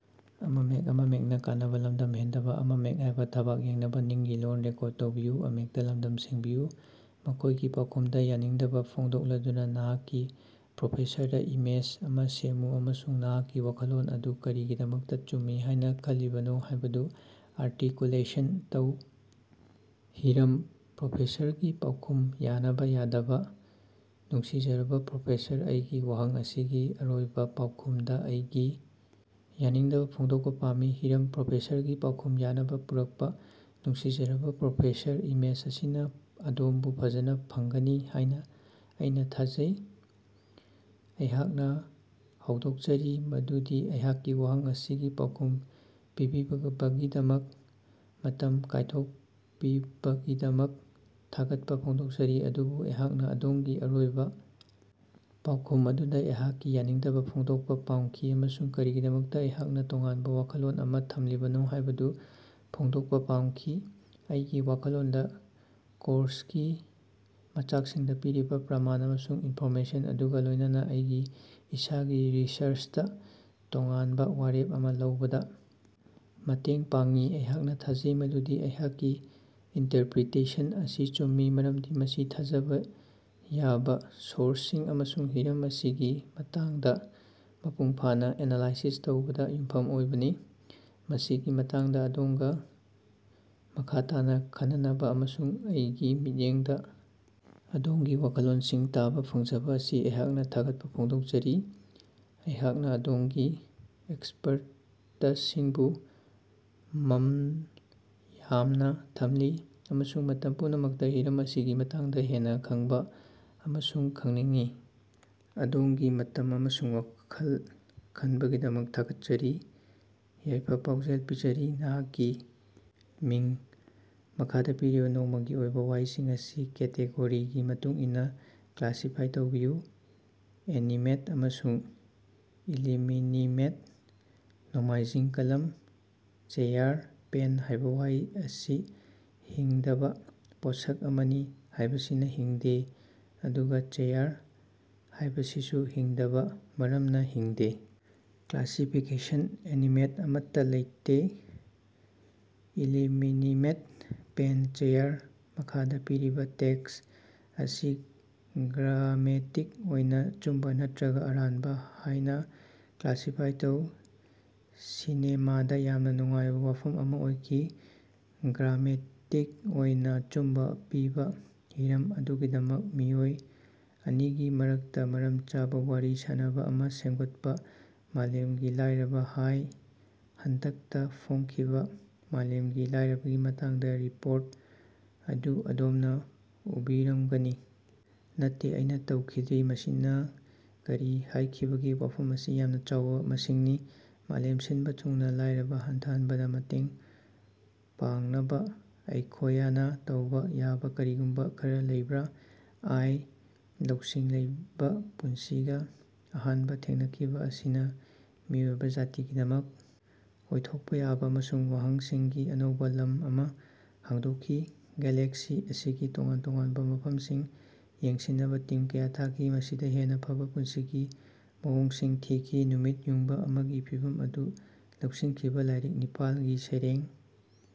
ꯃꯈꯣꯏꯒꯤ ꯄꯥꯎꯈꯨꯝꯗ ꯌꯥꯅꯤꯡꯗꯕ ꯐꯣꯡꯗꯣꯛꯂꯗꯨꯅꯥ ꯅꯍꯥꯛꯀꯤ ꯄ꯭ꯔꯣꯐꯦꯁꯔꯗ ꯏꯃꯦꯁ ꯑꯃ ꯁꯦꯝꯃꯨ ꯑꯃꯁꯨꯡ ꯅꯍꯥꯛꯀꯤ ꯋꯥꯈꯜꯂꯣꯟ ꯑꯗꯨ ꯀꯔꯤꯒꯤꯗꯃꯛꯇꯥ ꯆꯨꯝꯃꯤ ꯍꯥꯏꯅ ꯈꯜꯂꯤꯕꯅꯣ ꯍꯥꯏꯕꯗꯨ ꯑꯥꯔꯇꯤꯀꯨꯂꯦꯁꯟ ꯇꯧ꯫ ꯍꯤꯔꯝ: ꯄ꯭ꯔꯣꯐꯦꯁꯔꯒꯤ ꯄꯥꯎꯈꯨꯝ ꯌꯥꯅꯕ ꯌꯥꯗꯕ ꯅꯨꯡꯁꯤꯖꯔꯕꯥ ꯄ꯭ꯔꯣꯐꯦꯁꯔ, ꯑꯩꯒꯤ ꯋꯥꯍꯪ ꯑꯁꯤꯒꯤ ꯑꯔꯣꯏꯕꯥ ꯄꯥꯎꯈꯨꯝꯗ ꯑꯩꯒꯤ ꯌꯥꯅꯤꯡꯗꯕꯥ ꯐꯣꯡꯗꯣꯛꯄ ꯄꯥꯝꯃꯤ꯫ ꯍꯤꯔꯝ: ꯄ꯭ꯔꯣꯐꯦꯁꯔꯒꯤ ꯄꯥꯎꯈꯨꯝ ꯌꯥꯅꯕ ꯄꯨꯔꯛꯄꯥ ꯅꯨꯡꯁꯤꯖꯔꯕꯥ ꯄ꯭ꯔꯣꯐꯦꯁꯔ, ꯏꯃꯦꯁ ꯑꯁꯤꯅ ꯑꯗꯣꯝꯕꯨ ꯐꯖꯅꯥ ꯐꯪꯒꯅꯤ ꯍꯥꯏꯅ ꯑꯩꯅꯥꯊꯥꯖꯩ꯫ ꯑꯩꯍꯥꯛꯅ ꯍꯧꯗꯣꯛꯆꯔꯤ ꯃꯗꯨꯗꯤ ꯑꯩꯍꯥꯛꯀꯤ ꯋꯥꯍꯪ ꯑꯁꯤꯒꯤ ꯄꯥꯎꯈꯨꯝ ꯄꯤꯕꯤꯕꯒꯤꯗꯃꯛ ꯃꯇꯝ ꯀꯥꯏꯊꯣꯛꯄꯤꯕꯒꯤꯗꯃꯛ ꯊꯥꯒꯠꯄꯥ ꯐꯣꯡꯗꯣꯛꯆꯔꯤ꯫ ꯑꯗꯨꯕꯨ ꯑꯩꯍꯥꯛꯅ ꯑꯗꯣꯝꯒꯤ ꯑꯔꯣꯏꯕꯥ ꯄꯥꯎꯈꯨꯝ ꯑꯗꯨꯗꯥ ꯑꯩꯍꯥꯛꯀꯤ ꯌꯥꯅꯤꯡꯗꯕꯥ ꯐꯣꯡꯗꯣꯛꯄꯥ ꯄꯥꯝꯈꯤ ꯑꯃꯁꯨꯡ ꯀꯔꯤꯒꯤꯗꯃꯛꯇꯥ ꯑꯩꯍꯥꯛꯅ ꯇꯣꯉꯥꯟꯕ ꯋꯥꯈꯜꯂꯣꯟ ꯑꯃ ꯊꯝꯂꯤꯕꯅꯣ ꯍꯥꯏꯕꯗꯨ ꯐꯣꯡꯗꯣꯛꯄ ꯄꯥꯝꯈꯤ꯫ ꯑꯩꯒꯤ ꯋꯥꯈꯜꯂꯣꯟꯗ ꯀꯣꯔꯁꯀꯤ ꯃꯆꯥꯛꯁꯤꯡꯗ ꯄꯤꯔꯤꯕ ꯄ꯭ꯔꯃꯥꯟ ꯑꯃꯁꯨꯡ ꯏꯟꯐꯣꯔꯃꯦꯁꯟ ꯑꯗꯨꯒ ꯂꯣꯏꯅꯅꯥ ꯑꯩꯒꯤ ꯏꯁꯥꯒꯤ ꯔꯤꯁꯔꯆꯅꯥ ꯇꯣꯉꯥꯟꯕ ꯋꯥꯔꯦꯞ ꯑꯃ ꯂꯧꯕꯗ ꯃꯇꯦꯡ ꯄꯥꯡꯏ꯫ ꯑꯩꯍꯥꯛꯅ ꯊꯥꯖꯩ ꯃꯗꯨꯗꯤ ꯑꯩꯍꯥꯛꯀꯤ ꯏꯟꯇꯔꯄꯔꯤꯇꯦꯁꯟ ꯑꯁꯤ ꯆꯨꯝꯃꯤ ꯃꯔꯝꯗꯤ ꯃꯁꯤ ꯊꯥꯖꯕ ꯌꯥꯕ ꯁꯣꯔꯁꯁꯤꯡ ꯑꯃꯁꯨꯡ ꯍꯤꯔꯝ ꯑꯁꯤꯒꯤ ꯃꯇꯥꯡꯗ ꯃꯄꯨꯡ ꯐꯥꯅꯥ ꯑꯦꯅꯥꯂꯥꯏꯁꯤꯁ ꯇꯧꯕꯗ ꯌꯨꯝꯐꯝ ꯑꯣꯏꯕꯅꯤ꯫ ꯃꯁꯤꯒꯤ ꯃꯇꯥꯡꯗ ꯑꯗꯣꯝꯒꯥ ꯃꯈꯥ ꯇꯥꯅ ꯈꯟꯅꯅꯕꯥ ꯑꯃꯁꯨꯡ ꯑꯩꯒꯤ ꯃꯤꯠꯌꯦꯡꯗꯥ ꯑꯗꯣꯝꯒꯤ ꯋꯥꯈꯜꯂꯣꯟꯁꯤꯡ ꯇꯥꯕ ꯐꯪꯖꯕꯥ ꯑꯁꯤ ꯑꯩꯍꯥꯛꯅ ꯊꯥꯒꯠꯄ ꯐꯣꯡꯗꯣꯛꯆꯔꯤ꯫ ꯑꯩꯍꯥꯛꯅ ꯑꯗꯣꯝꯒꯤ ꯑꯦꯛꯁꯄꯔꯇꯁꯤꯡꯕꯨ ꯃꯝꯜ ꯌꯥꯝꯅ ꯊꯝꯂꯤ ꯑꯃꯁꯨꯡ ꯃꯇꯝ ꯄꯨꯝꯅꯃꯛꯇꯥ ꯍꯤꯔꯝ ꯑꯁꯤꯒꯤ ꯃꯇꯥꯡꯗ ꯍꯦꯟꯅꯥ ꯈꯪꯕ ꯑꯃꯁꯨꯡ ꯈꯪꯅꯤꯡꯏ꯫ ꯑꯗꯣꯝꯒꯤ ꯃꯇꯝ ꯑꯃꯁꯨꯡ ꯋꯥꯈꯜ ꯈꯟꯕꯒꯤꯗꯃꯛ ꯊꯥꯒꯠꯆꯔꯤ꯫ ꯌꯥꯏꯐ-ꯄꯥꯎꯖꯦꯜ ꯄꯤꯖꯔꯤ, ꯅꯍꯥꯛꯀꯤ ꯃꯤꯡ꯫ ꯃꯈꯥꯗ ꯄꯤꯔꯤꯕ ꯅꯣꯡꯃꯒꯤ ꯑꯣꯏꯕ ꯋꯥꯍꯩꯁꯤꯡ ꯑꯁꯤ ꯀꯦꯇꯦꯒꯣꯔꯤꯒꯤ ꯃꯇꯨꯡ ꯏꯟꯅꯥ ꯀ꯭ꯂꯥꯁꯤꯐꯥꯏ ꯇꯧꯕꯤꯌꯨ: ꯑꯦꯅꯤꯃꯦꯠ ꯑꯃꯁꯨꯡ ꯏꯂꯤꯃꯤꯅꯤꯃꯦꯠ꯫ ꯅꯣꯡꯃꯥꯏꯖꯤꯡ: ꯀꯂꯝ, ꯆꯦꯌꯥꯔ꯫ 'ꯄꯦꯟ' ꯍꯥꯏꯕ ꯋꯥꯍꯩ ꯑꯁꯤ ꯍꯤꯡꯗꯕꯥ ꯄꯣꯠꯁꯛ ꯑꯃꯅꯤ ꯍꯥꯏꯕꯁꯤꯅ ꯍꯤꯡꯗꯦ, ꯑꯗꯨꯒ 'ꯆꯦꯌꯥꯔ' ꯍꯥꯏꯕꯁꯤꯁꯨ ꯍꯤꯡꯗꯕꯥ ꯃꯔꯝꯅ ꯍꯤꯡꯗꯦ꯫ ꯀ꯭ꯂꯥꯁꯤꯐꯤꯀꯦꯁꯟ: ꯑꯦꯅꯤꯃꯦꯠ: ꯑꯃꯠꯇꯥ ꯂꯩꯇꯦ ꯏꯂꯤꯃꯤꯅꯤꯃꯦꯠ: ꯄꯦꯟ, ꯆꯦꯌꯥꯔ꯫ ꯃꯈꯥꯗ ꯄꯤꯔꯤꯕ ꯇꯦꯛꯁ ꯑꯁꯤ ꯒ꯭ꯔꯥꯃꯦꯇꯤꯛ ꯑꯣꯏꯅ ꯑꯆꯨꯝꯕ ꯅꯠꯇꯔꯒ ꯑꯔꯥꯟꯕ ꯍꯥꯏꯅ ꯀ꯭ꯂꯥꯁꯤꯐꯥꯏ ꯇꯧ꯫ ꯁꯤꯅꯦꯃꯥꯗ ꯌꯥꯝꯅ ꯅꯨꯡꯉꯥꯏꯕ ꯋꯥꯐꯝ ꯑꯃ ꯑꯣꯏꯈꯤ꯫ ꯒ꯭ꯔꯥꯃꯦꯇꯤꯛ ꯑꯣꯏꯅ ꯑꯆꯨꯝꯕ) ꯑꯄꯤꯕ ꯍꯤꯔꯝ ꯑꯗꯨꯒꯤꯗꯃꯛ ꯃꯤꯑꯣꯏ ꯑꯅꯤꯒꯤ ꯃꯔꯛꯇ ꯃꯔꯝ ꯆꯥꯕ ꯋꯥꯔꯤ ꯁꯥꯅꯕ ꯑꯃ ꯁꯦꯝꯒꯠꯄ꯫ ꯃꯥꯂꯦꯝꯒꯤ ꯂꯥꯏꯔꯕ꯫ ꯍꯥꯏ, ꯍꯟꯗꯛꯇ ꯐꯣꯡꯈꯤꯕ ꯃꯥꯂꯦꯝꯒꯤ ꯂꯥꯏꯔꯕꯒꯤ ꯃꯇꯥꯡꯗ ꯔꯤꯄꯣꯔꯠ ꯑꯗꯨ ꯑꯗꯣꯝꯅ ꯎꯕꯤꯔꯝꯒꯅꯤ? ꯅꯠꯇꯦ, ꯑꯩꯅ ꯇꯧꯈꯤꯗ꯭ꯔꯤ꯫ ꯃꯁꯤꯅ ꯀꯔꯤ ꯍꯥꯏꯈꯤꯕꯒꯦ? ꯋꯥꯐꯝ ꯑꯁꯤ ꯌꯥꯝꯅ ꯆꯥꯎꯕ ꯃꯁꯤꯡꯅꯤ꯫ ꯃꯥꯂꯦꯝ ꯁꯤꯟꯕꯥ ꯊꯨꯡꯅꯥ ꯂꯥꯏꯔꯕ ꯍꯟꯊꯍꯟꯕꯗ ꯃꯇꯦꯡ ꯄꯥꯡꯅꯕ ꯑꯩꯈꯣꯌꯅ ꯇꯧꯕ ꯌꯥꯕ ꯀꯔꯤꯒꯨꯝꯕ ꯈꯔꯥ ꯂꯩꯕꯔꯥ? ꯑꯥꯏ. ꯂꯧꯁꯤꯡ ꯂꯩꯕ ꯄꯨꯟꯁꯤꯒ ꯑꯍꯥꯟꯕ ꯊꯦꯡꯅꯈꯤꯕ ꯑꯁꯤꯅ ꯃꯤꯑꯣꯏꯕ ꯖꯥꯇꯤꯒꯤꯗꯃꯛ ꯑꯣꯏꯊꯣꯛꯄ ꯌꯥꯕ ꯑꯃꯁꯨꯡ ꯋꯥꯍꯪꯁꯤꯡꯒꯤ ꯑꯅꯧꯕ ꯂꯝ ꯑꯃ ꯍꯥꯡꯗꯣꯛꯈꯤ꯫ ꯒꯦꯂꯦꯛꯁꯤ ꯑꯁꯤꯒꯤ ꯇꯣꯉꯥꯟ ꯇꯣꯉꯥꯟꯕ ꯃꯐꯝꯁꯤꯡ ꯌꯦꯡꯁꯤꯟꯅꯕ ꯇꯤꯝ ꯀꯌꯥ ꯊꯥꯈꯤ, ꯃꯁꯤꯗ ꯍꯦꯟꯅ ꯐꯕꯥ ꯄꯨꯟꯁꯤꯒꯤ ꯃꯑꯣꯡꯁꯤꯡ ꯊꯤꯈꯤ꯫ ꯅꯨꯃꯤꯠ ꯌꯨꯡꯕꯥ ꯑꯃꯒꯤ ꯐꯤꯚꯝ ꯑꯗꯨ ꯂꯧꯁꯤꯟꯈꯤꯕ ꯂꯥꯏꯔꯤꯛ ꯅꯤꯄꯥꯜ ꯒꯤ ꯁꯩꯔꯦꯡ